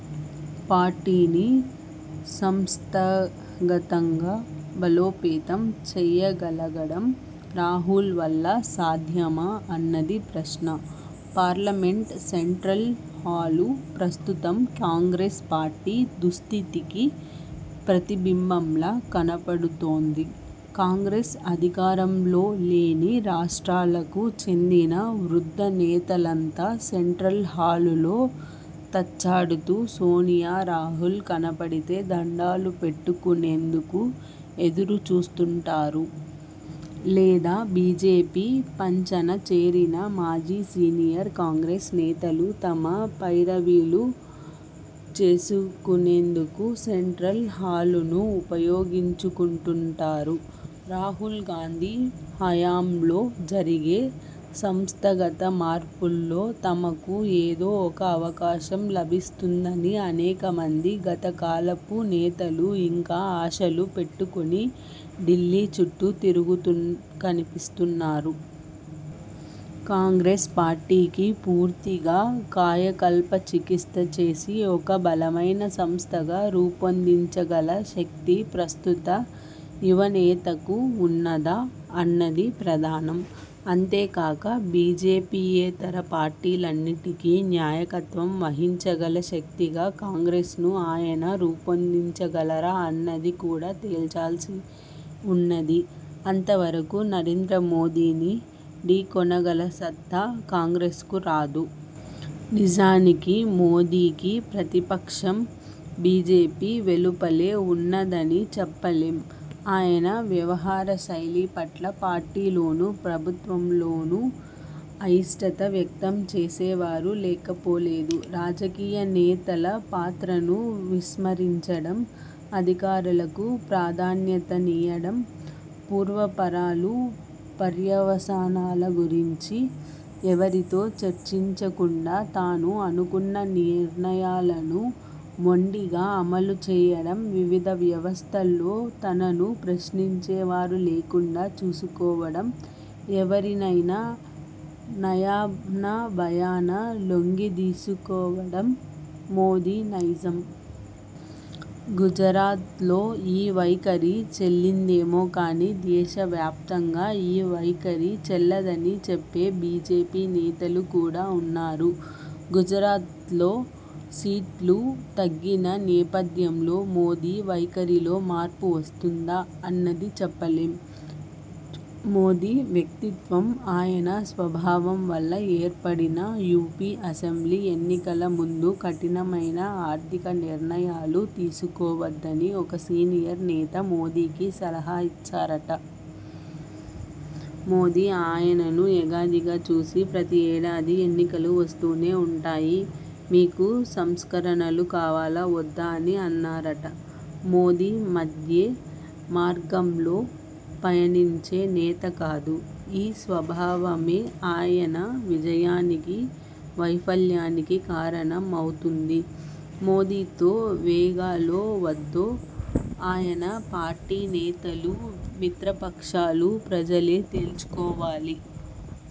పార్టీని సంస్థాగతంగా బలోపేతం చేయగలగడం రాహుల్ వల్ల సాధ్యమా అన్నది ప్రశ్న. పార్లమెంట్ సెంట్రల్ హాలు ప్రస్తుతం కాంగ్రెస్ పార్టీ దుస్థితికి ప్రతిబింబంలా కనపడుతోంది. కాంగ్రెస్ అధికారంలో లేని రాష్ట్రాలకు చెందిన వృద్ధ నేతలంతా సెంట్రల్ హాలులో తచ్చాడుతూ సోనియా, రాహుల్ కనపడితే దండాలు పెట్టుకునేందుకు ఎదురు చూస్తుంటారు. లేదా బీజేపీ పంచన చేరిన మాజీ సీనియర్ కాంగ్రెస్ నేతలు తమ పైరవీలు చేసుకునేందుకు సెంట్రల్ హాలును ఉపయోగించుకుంటుంటారు. రాహుల్ గాంధీ హయాంలో జరిగే సంస్థగత మార్పుల్లో తమకు ఏదో ఒక అవకాశం లభిస్తుందని అనేకమంది గత కాలపు నేతలు ఇంకా ఆశలు పెట్టుకుని డిల్లీ చుట్టూ తిరుగుతూ కనిపిస్తారు. కాంగ్రెస్ పార్టీకి పూర్తిగా కాయకల్ప చికిత్స చేసి ఒక బలమైన సంస్థగా రూపొందించగల శక్తి ప్రస్తుత యువనేతకు ఉన్నదా అన్నది ప్రధానం. అంతేకాక బీజేపీయేతర పార్టీలన్నిటికీ న్యాయకత్వం వహించగల శక్తిగా కాంగ్రెస్ను ఆయన రూపొందించగలరా అన్నది కూడా తేల్చాల్సి ఉన్నది. అంతవరకూ నరేంద్రమోదీని ఢీకొనగల సత్తా కాంగ్రెస్కు రాదు. నిజానికి మోదీకి ప్రతిపక్షం బీజేపీ వెలుపలే ఉన్నదని చెప్పలేం. ఆయన వ్యవహార శైలిపట్ల పార్టీలోనూ, ప్రభుత్వంలోనూ అయిష్టత వ్యక్తం చేసే వారు లేకపోలేదు. రాజకీయ నేతల పాత్రను విస్మరించడం, అధికారులకు ప్రాధాన్యత నీయడం, పూర్వాపరాలు, పర్యవసానాల గురించి ఎవరితో చర్చించకుండా తాను అనుకున్న నిర్ణయాలను మొండిగా అమలు చేయడం, వివిధ వ్యవస్థల్లో తనను ప్రశ్నించేవారు లేకుండా చూసుకోవడం, ఎవరినైనా నయానా భయానా లొంగిదీసుకోవడం మోదీ నైజం. గుజరాత్లో ఈ వైఖరి చెల్లిందేమో కాని దేశ వ్యాప్తంగా ఈ వైఖరి చెల్లదని చెప్పే బీజేపీ నేతలు కూడా ఉన్నారు. గుజరాత్లో సీట్లు తగ్గిన నేపథ్యంలో మోదీ వైఖరిలో మార్పు వస్తుందా? అన్నది చెప్పలేం. మోదీ వ్యక్తిత్వం ఆయన స్వభావం వల్ల ఏర్పడిన. యూపీ అసెంబ్లీ ఎన్నికల ముందు కఠినమైన ఆర్థిక నిర్ణయాలు తీసుకోవద్దని ఒక సీనియర్ నేత మోదీకి సలహా ఇచ్చారట. మోదీ ఆయనను ఎగాదిగా చూసి ప్రతి ఏడాదీ ఎన్నికలు వస్తూనే ఉంటాయి. మీకు సంస్కరణలు కావాలా వద్దా అని అన్నారట. మోదీ మధ్యే మార్గంలో పయనించే నేత కాదు. ఈ స్వభావమే ఆయన విజయానికీ వైఫల్యానికీ కారణం అవుతుంది. మోదీతో వేగాలో వద్దో ఆయన పార్టీ నేతలు, మిత్రపక్షాలు, ప్రజలే తేల్చుకోవాలి.